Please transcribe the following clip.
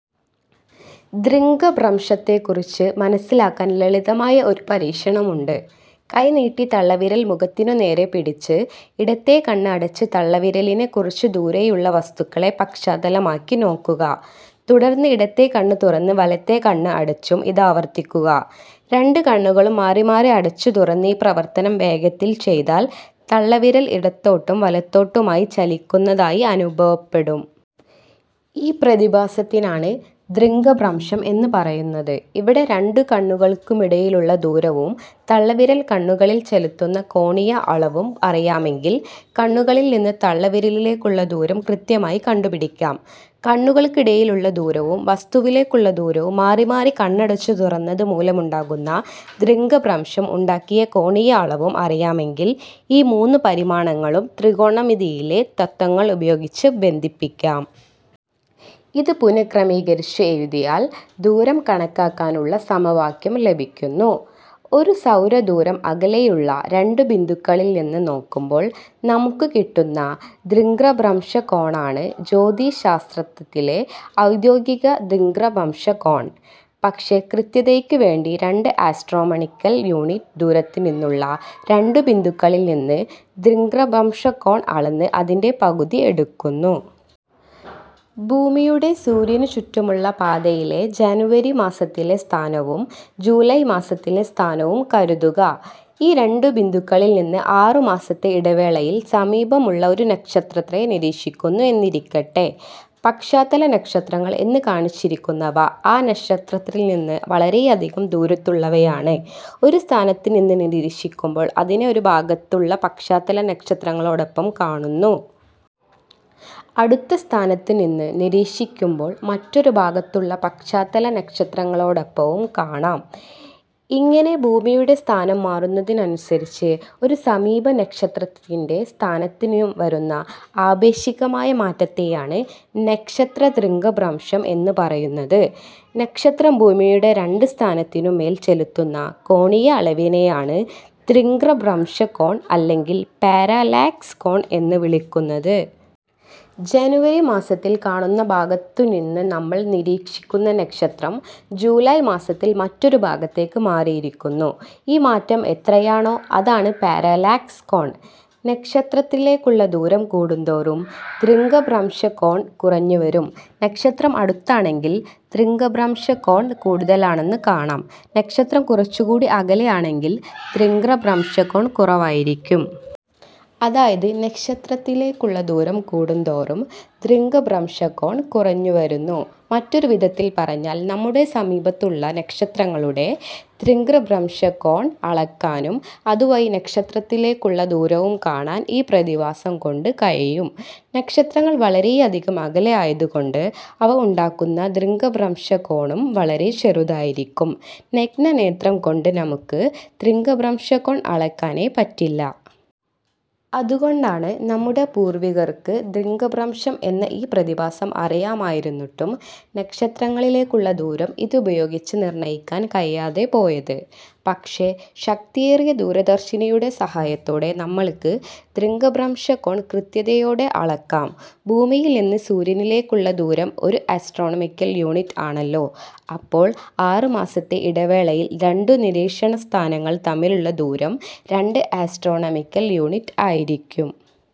ദൃഗ്ഭ്രംശത്തെക്കുറിച്ച് മനസ്സിലാക്കാൻ ലളിതമായ ഒരു പരീക്ഷണമുണ്ട്. കൈ നീട്ടി തള്ളവിരൽ മുഖത്തിനു നേരെ പിടിച്ച് ഇടത്തേ കണ്ണ് അടച്ച് തള്ളവിരലിനെ കുറച്ചുദൂരെയുള്ള വസ്തുക്കളെ പശ്ചാത്തലമാക്കി നോക്കുക. തുടർന്ന് ഇടത്തേ കണ്ണ് തുറന്ന് വലത്തേ കണ്ണ് അടച്ചും ഇതാവർത്തിക്കുക. രണ്ടു കണ്ണുകളും മാറി മാറി അടച്ചു തുറന്ന് ഈ പ്രവർത്തനം വേഗത്തിൽ ചെയ്താൽ തള്ളവിരൽ ഇടത്തോട്ടും വലത്തോട്ടുമായി ചലിക്കുന്നതായി അനുഭവപ്പെടും. ഈ പ്രതിഭാസത്തിനാണ് ദൃഗ്ഭ്രംശം എന്ന് പറയുന്നത്. ഇവിടെ, രണ്ടു കണ്ണുകൾക്കുമിടയിലുള്ള ദൂരവും തള്ളവിരൽ കണ്ണുകളിൽ ചെലുത്തുന്ന കോണീയ അളവും അറിയാമെങ്കിൽ കണ്ണുകളിൽ നിന്ന് തള്ളവിരലിലേക്കുള്ള ദൂരം കൃത്യമായി കണ്ടുപിടിക്കാം. കണ്ണുകൾക്കിടയിലുള്ള ദൂരവും, വസ്തുവിലേക്കുള്ള ദൂരവും, മാറി മാറി കണ്ണടച്ചു തുറന്നത് മൂലമുണ്ടായ ദൃഗ്ഭ്രംശം ഉണ്ടാക്കിയ കോണീയ അളവും അറിയാമെങ്കിൽ, ഈ മൂന്ന് പരിമാണങ്ങളും ത്രികോണമിതിയിലെ തത്ത്വങ്ങൾ ഉപയോഗിച്ച് ബന്ധിപ്പിക്കാം. ഇതു പുനഃക്രമീകരിച്ച് എഴുതിയാൽ ദൂരം കണക്കാക്കാനുള്ള സമവാക്യം ലഭിക്കുന്നു. ഒരു സൗരദൂരം അകലെയുള്ള രണ്ട് ബിന്ദുക്കളിൽ നിന്ന് നോക്കുമ്പോൾ നമുക്ക് കിട്ടുന്ന ദൃഗ്ഭ്രംശകോണാണ് ജ്യോതിശാസ്ത്രത്തിലെ ഔദ്യോഗിക ദൃഗ്ഭ്രംശകോൺ. പക്ഷേ കൃത്യതയ്ക്ക് വേണ്ടി രണ്ട് ആസ്ട്രോണമിക്കൽ യൂണിറ്റ് ദൂരത്തുനിന്നുള്ള രണ്ട് ബിന്ദുക്കളിൽ നിന്ന് ദൃഗ്ഭ്രംശകോൺ അളന്ന് അതിൻ്റെ പകുതി എടുക്കുന്നു. ഭൂമിയുടെ സൂര്യനു ചുറ്റുമുള്ള പാതയിലെ ജനുവരി മാസത്തിലെ സ്ഥാനവും ജൂലൈ മാസത്തിലെ സ്ഥാനവും കരുതുക. ഈ രണ്ട് ബിന്ദുക്കളിൽ നിന്ന് ആറ് മാസത്തെ ഇടവേളയിൽ സമീപമുള്ള ഒരു നക്ഷത്രത്തെ നിരീക്ഷിക്കുന്നു എന്നിരിക്കട്ടെ. പശ്ചാത്തല നക്ഷത്രങ്ങൾ എന്ന് കാണിച്ചിരിക്കുന്നവ ആ നക്ഷത്രത്തിൽ നിന്ന് വളരെയധികം ദൂരത്തുള്ളവയാണ്. ഒരു സ്ഥാനത്തുനിന്ന് നിരീക്ഷിക്കുമ്പോൾ അതിനെ ഒരു ഭാഗത്തുള്ള പശ്ചാത്തല നക്ഷത്രങ്ങളോടൊപ്പം കാണുന്നു. അടുത്ത സ്ഥാനത്തുനിന്ന് നിരീക്ഷിക്കുമ്പോൾ മറ്റൊരു ഭാഗത്തുള്ള പശ്ചാത്തല നക്ഷത്രങ്ങളോടൊപ്പവും കാണാം. ഇങ്ങനെ ഭൂമിയുടെ സ്ഥാനം മാറുന്നതിനനുസരിച്ച് ഒരു സമീപ നക്ഷത്രത്തിൻ്റെ സ്ഥാനത്തിനു വരുന്ന ആപേക്ഷികമായ മാറ്റത്തെയാണ് നക്ഷത്ര ദൃഗ്ഭ്രംശം എന്ന് പറയുന്നത്. നക്ഷത്രം ഭൂമിയുടെ രണ്ട് സ്ഥാനത്തിനും മേൽ ചെലുത്തുന്ന കോണീയ അളവിനെയാണ് ദൃഗ്ഭ്രംശകോൺ അല്ലെങ്കിൽ പാരലാക്സ് കോൺ എന്ന് വിളിക്കുന്നത്. ജനുവരി മാസത്തിൽ കാണുന്ന ഭാഗത്തു നിന്ന് നമ്മൾ നിരീക്ഷിക്കുന്ന നക്ഷത്രം ജൂലൈ മാസത്തിൽ മറ്റൊരു ഭാഗത്തേക്ക് മാറിയിരിക്കുന്നു. ഈ മാറ്റം എത്രയാണോ അതാണ് പാരലാക്സ് കോൺ. നക്ഷത്രത്തിലേക്കുള്ള ദൂരം കൂടുംതോറും ദൃഗ്ഭ്രംശകോൺ കുറഞ്ഞുവരും. നക്ഷത്രം അടുത്താണെങ്കിൽ ദൃഗ്ഭ്രംശകോൺ കൂടുതലാണെന്ന് കാണാം. നക്ഷത്രം കുറച്ചുകൂടി അകലെയാണെങ്കിൽ ദൃഗ്ഭ്രംശകോൺ കുറവായിരിക്കും. അതായത് നക്ഷത്രത്തിലേക്കുള്ള ദൂരം കൂടും തോറും ദൃഗ്ഭ്രംശകോൺ കുറഞ്ഞു വരുന്നു. മറ്റൊരു വിധത്തിൽ പറഞ്ഞാൽ നമ്മുടെ സമീപത്തുള്ള നക്ഷത്രങ്ങളുടെ ദൃഗ്ഭ്രംശകോൺ അളക്കാനും അതുവഴി നക്ഷത്രത്തിലേക്കുള്ള ദൂരവും കാണാൻ ഈ പ്രതിഭാസം കൊണ്ട് കഴിയും. നക്ഷത്രങ്ങൾ വളരെയധികം അകലെയായതുകൊണ്ട് അവ ഉണ്ടാക്കുന്ന ദൃഗ്ഭ്രംശകോണും വളരെ ചെറുതായിരിക്കും. നഗ്നനേത്രം കൊണ്ട് നമുക്ക് ദൃഗ്ഭ്രംശകോൺ അളക്കാനേ പറ്റില്ല. അതുകൊണ്ടാണ് നമ്മുടെ പൂർവ്വികർക്ക് ദൃഗ്ഭ്രംശം എന്ന ഈ പ്രതിഭാസം അറിയാമായിരുന്നിട്ടും നക്ഷത്രങ്ങളിലേക്കുള്ള ദൂരം ഇത് ഉപയോഗിച്ച് നിർണ്ണയിക്കാൻ കഴിയാതെ പോയത്. പക്ഷേ ശക്തിയേറിയ ദൂരദർശിനിയുടെ സഹായത്തോടെ നമ്മൾക്ക് ദൃഗ്ഭ്രംശകോൺ കൃത്യതയോടെ അളക്കാം. ഭൂമിയിൽ നിന്ന് സൂര്യനിലേക്കുള്ള ദൂരം ഒരു ആസ്ട്രോണമിക്കൽ യൂണിറ്റ് ആണല്ലോ? അപ്പോൾ ആറ് മാസത്തെ ഇടവേളയിൽ രണ്ട് നിരീക്ഷണ സ്ഥാനങ്ങൾ തമ്മിലുള്ള ദൂരം രണ്ട് ആസ്ട്രോണമിക്കൽ യൂണിറ്റ് ആയിരിക്കും.